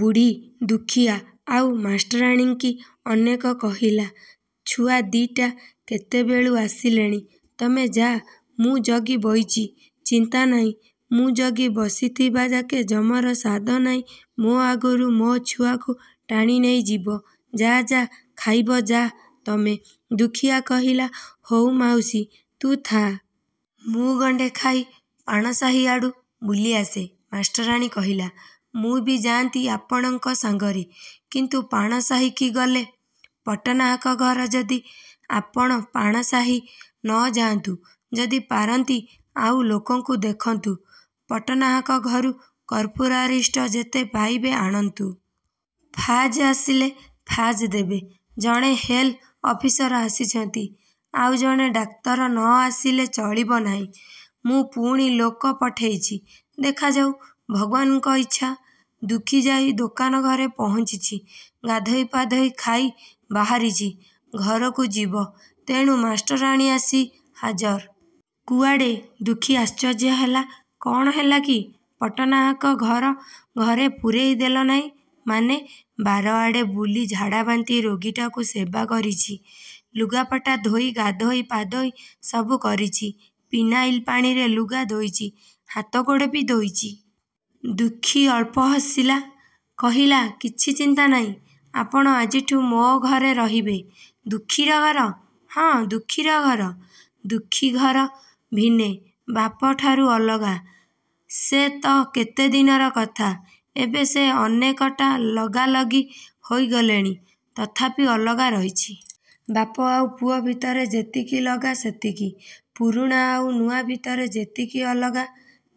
ବୁଢ଼ୀ ଦୁଃଖୀଆ ଆଉ ମାଷ୍ଟରାଣୀଙ୍କି ଅନେକ କହିଲା–ଛୁଆ ଦି'ଟା କେତେବେଳୁ ଆସିଲେଣି–ତମେ ଯା–ମୁଁ ଜଗି ବଇଚି। ଚିନ୍ତା ନାହିଁ। ମୁଁ ଜଗି ବସିଥିବାଯାକେ ଯମର ସାଧ୍ୟ ନାହିଁ ମୋ ଆଗରୁ ମୋ ଛୁଆକୁ ଟାଣି ନେଇଯିବ। ଯା–ଯା–ଖାଇବ ଯା ତମେ! ଦୁଃଖୀଆ କହିଲା–''ହଉ ମାଉସୀ, ତୁ ଥା। ମୁଁ ଗଣ୍ଡେ ଖାଇ, ପାଣ ସାହି ଆଡ଼ୁ, ବୁଲି ଆସେ। '' ମାଷ୍ଟରାଣୀ କହିଲା–''ମୁଁ ବି ଯାଆନ୍ତି ଆପଣଙ୍କ ସାଙ୍ଗରେ। କିନ୍ତୁ ପାଣ ସାହି କି ଗଲେ। ପଟ୍ଟନାହାକ ଘର ଯଦି–'' ''ଆପଣ ପାଣ ସାହି ନ ଯାନ୍ତୁ–ଯଦି ପାରନ୍ତି ଆଉ ଲୋକଙ୍କୁ ଦେଖନ୍ତୁ। ପଟ୍ଟନାହାକ ଘରୁ କର୍ପୂରାରିଷ୍ଟ ଯେତେ ପାଇବେ ଆଣନ୍ତୁ। ଫାଜ୍ ଆସିଲେ ଫାଜ୍ ଦେବେ। ଜଣେ ହେଲ୍ଥ ଅଫିସର ଆସିଛନ୍ତି। ଆଉ ଜଣେ ଡାକ୍ତର ନ ଆସିଲେ ଚଳିବ ନାହିଁ। ମୁଁ ପୁଣି ଲୋକ ପଠେଇଛି। ଦେଖାଯାଉ–ଭଗବାନ୍ଙ୍କ ଇଚ୍ଛା। '' ଦୁଃଖୀ ଯାଇଁ ଦୋକାନ ଘରେ ପହଞ୍ଚିଛି। ଗାଧୋଇ ପାଧୋଇ ଖାଇ ବାହାରିଛି–ଘରକୁ ଯିବ। ତେଣୁ ମାଷ୍ଟରାଣୀ ଆସି ହାଜର। ''କୁଆଡ଼େ? '' ଦୁଃଖୀ ଆଶ୍ଚର୍ଯ୍ୟ ହେଲା–କ'ଣ ହେଲା କି? ''ପଟ୍ଟନାହାକ ଘର ଘରେ ପୂରେଇ ଦେଲେ ନାହିଁ। '' ''ମାନେ? '' ''ବାର ଆଡ଼େ ବୁଲି ଝାଡ଼ାବାନ୍ତି ରୋଗୀଟାକୁ ସେବା କରିଛି। '' ''ଲୁଗାପଟା ଧୋଇ ଗାଧୋଇ ପାଧେଇ–'' ''ସବୁ କରିଛି। ପିନାଇଲ ପାଣିରେ ଲୁଗା ଧୋଇଚି–ହାତଗୋଡ଼ବି ଧୋଇଚି। '' ଦୁଃଖୀ ଅଳ୍ପ ହସିଲା। କହିଲା–''କିଛି ଚିନ୍ତା ନାହିଁ–ଆପଣ ଆଜିଠୁ ମୋ ଘରେ ରହିବେ-। '' ଦୁଃଖୀର ଘର? ହଁ ଦୁଃଖୀର ଘର। ଦୁଃଖୀ ଘର ଭିନେ–ବାପ ଠାରୁ ଅଲଗା। ସେ ତ କେତେ ଦିନର କଥା। ଏବେ ସେ ଅନେକଟା ଲଗାଲଗି ହେଇଗଲେଣି। ତଥାପି ଅଲଗା ରହିଛି। ବାପ ଆଉ ପୁଅ ଭିତରେ ଯେତିକି ଲଗା ସେତିକି। ପୁରୁଣା ଆଉ ନୂଆ ଭିତରେ ଯେତିକି ଅଲଗା,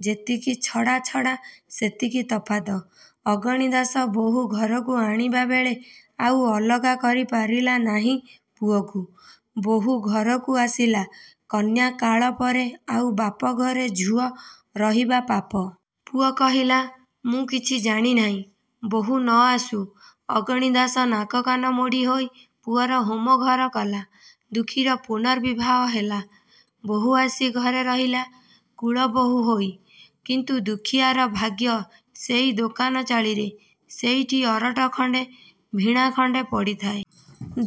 ଯେତିକି ଛଡ଼ାଛଡ଼ା ସେତିକି ତଫାତ। ଅଗଣିଦାଶ ବହୂ ଘରକୁ ଆଣିବାବେଳେ ଆଉ ଅଲଗା କରି ପାରିଲା ନାହିଁ ପୁଅକୁ। ବହୂ ଘରକୁ ଆସିଲା। କନ୍ୟା କାଳପରେ ଆଉ ବାପଘରେ ଝୁଅ ରହିବା ପାପ। ପୁଅ କହିଲା, ମୁଁ କିଛି ଜାଣେ ନାହିଁ। ବହୂ ନ ଆସୁ। ଅଗଣିଦାସ ନାକକାନ ମୋଡ଼ି ହୋଇ ପୁଅର ହୋମଘର କଲା-। ଦୁଃଖୀର ପୁନର୍ବିବାହ ହେଲା। ବହୂ ଆସି ଘରେ ରହିଲା–କୁଳବହୂ ହେଇ। କିନ୍ତୁ ଦୁଃଖୀଆର ଭାଗ୍ୟ ସେଇ ଦୋକାନ ଚାଳିରେ। ସେଇଠି ଅରଟ ଖଣ୍ଡେ, ଭିଣା ଖଣ୍ଡେ ପଡ଼ିଥାଏ।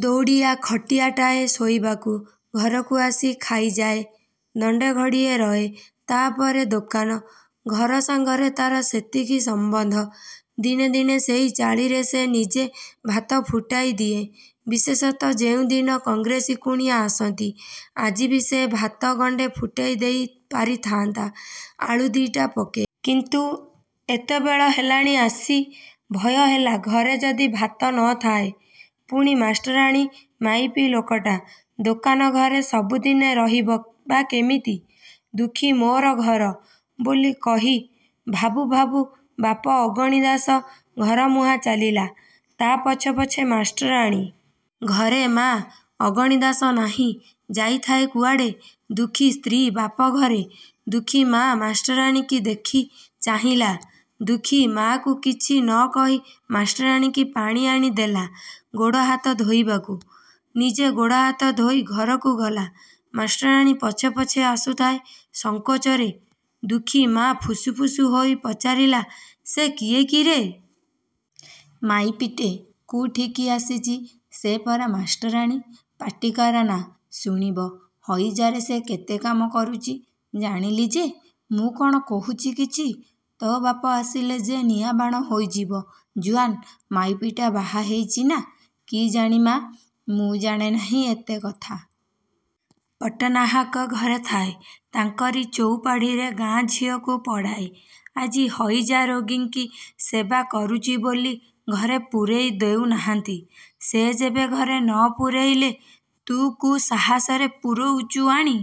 ଦଉଡ଼ିଆ ଖଟିଆଟାଏ ଶୋଇବାକୁ। ଘରକୁ ଆସି ଖାଇଯାଏ। ଦଣ୍ଡେ ଘଡ଼ିଏ ରହେ। ତା'ପରେ ଦୋକାନ-। ଘର ସାଙ୍ଗରେ ତା'ର ସେତିକି ସମ୍ବନ୍ଧ। ଦିନେ ଦିନେ ସେଇ ଚାଳିରେ ସେ ନିଜେ ଭାତ ଫୁଟେଇ ଦିଏ, ବିଶେଷତଃ ଯେଉଁଦିନ କଂଗ୍ରେସୀ କୁଣିଆ ଆସନ୍ତି। ଆଜିବି ସେ ଭାତ ଗଣ୍ଡେ ଫୁଟେଇ ଦେଇ ପାରିଥାନ୍ତା–ଆଳୁ ଦିଟା ପକେଇ। କିନ୍ତୁ ଏତେବେଳ ହେଲାଣି ଆସି। ଭୟ ହେଲା, ଘରେ ଯଦି ଭାତ ନଥାଏ। ପୁଣି ମାଷ୍ଟରାଣୀ–ମାଇପି ଲୋକଟା–ଦୋକାନ ଘରେ ସବୁଦିନେ ରହିବ ବା କିମିତି? ଦୁଃଖୀ 'ମୋ ଘର' ବୋଲି କହି, ଭାବୁ ଭାବୁ ବାପ ଅଗଣି ଦାଶ ଘରମୁହାଁ ଚାଲିଲା। ତା' ପଛେ ପଛେ ମାଷ୍ଟରାଣୀ। ଘରେ ମା। ଅଗଣି ଦାଶ ନାହିଁ–ଯାଇଥାଏ କୁଆଡ଼େ। ଦୁଃଖୀ ସ୍ତ୍ରୀ ବାପଘରେ। ଦୁଃଖୀ ମା ମାଷ୍ଟରାଣୀକି ଦେଖି ଚାହିଁଲା। ଦୁଃଖୀ ମାକୁ କିଛି ନ କହି ମାଷ୍ଟରାଣୀକି ପାଣି ଆଣିଦେଲା ଗୋଡ଼ ହାତ ଧୋଇବାକୁ। ନିଜେ ଗୋଡ଼ହାତ ଧୋଇ ଘରକୁ ଗଲା। ମାଷ୍ଟରାଣୀ ପଛେ ପଛେ ଆସୁଥାଏ–ସଙ୍କୋଚରେ, ଦୁଃଖୀ ମା ଫୁସ ଫୁସ ହେଇ ପଚାରିଲା–''ସେ କିଏ କିରେ? ମାଇପିଟେ–କୁଠିକି ଆସିଛି? '' ''ସେ ପରା ମାଷ୍ଟରାଣୀ। ପାଟି କରନା। ଶୁଣିବ। ହଇଜାରେ ସେ କେତେ କାମ କରୁଚି। '' ''ଜାଣିଲି ଯେ। ମୁଁ କ'ଣ କହୁଛି କିଛି? ତୋ ବାପ ଆସିଲେ ଯେ ନିଆଁବାଣ ହେଇଯିବ-। ଜୁଆନ୍ ମାଇପିଟା–ବାହା ହେଇଚିନା? '' ''କିଜାଣି ମା, ମୁଁ ଜାଣେ ନାହିଁ ଏତେ କଥା। ପଟ୍ଟନାହାକ ଘରେ ଥାଏ। ତାଙ୍କରି ଚଉପାଢ଼ିରେ ଗାଁ ଝିଅଙ୍କୁ ପଢ଼ାଏ। ଆଜି ହଇଜାରୋଗୀଙ୍କି ସେବା କରୁଚି ବୋଲି ଘରେ ପୂରେଇ ଦଉ ନାହାନ୍ତି। '' ''ସେ ଯେବେ ଘରେ ନ ପୂରେଇଲେ, ତୁ କୁ ସାହସରେ ପୂରୋଉଚୁ ଆଣି?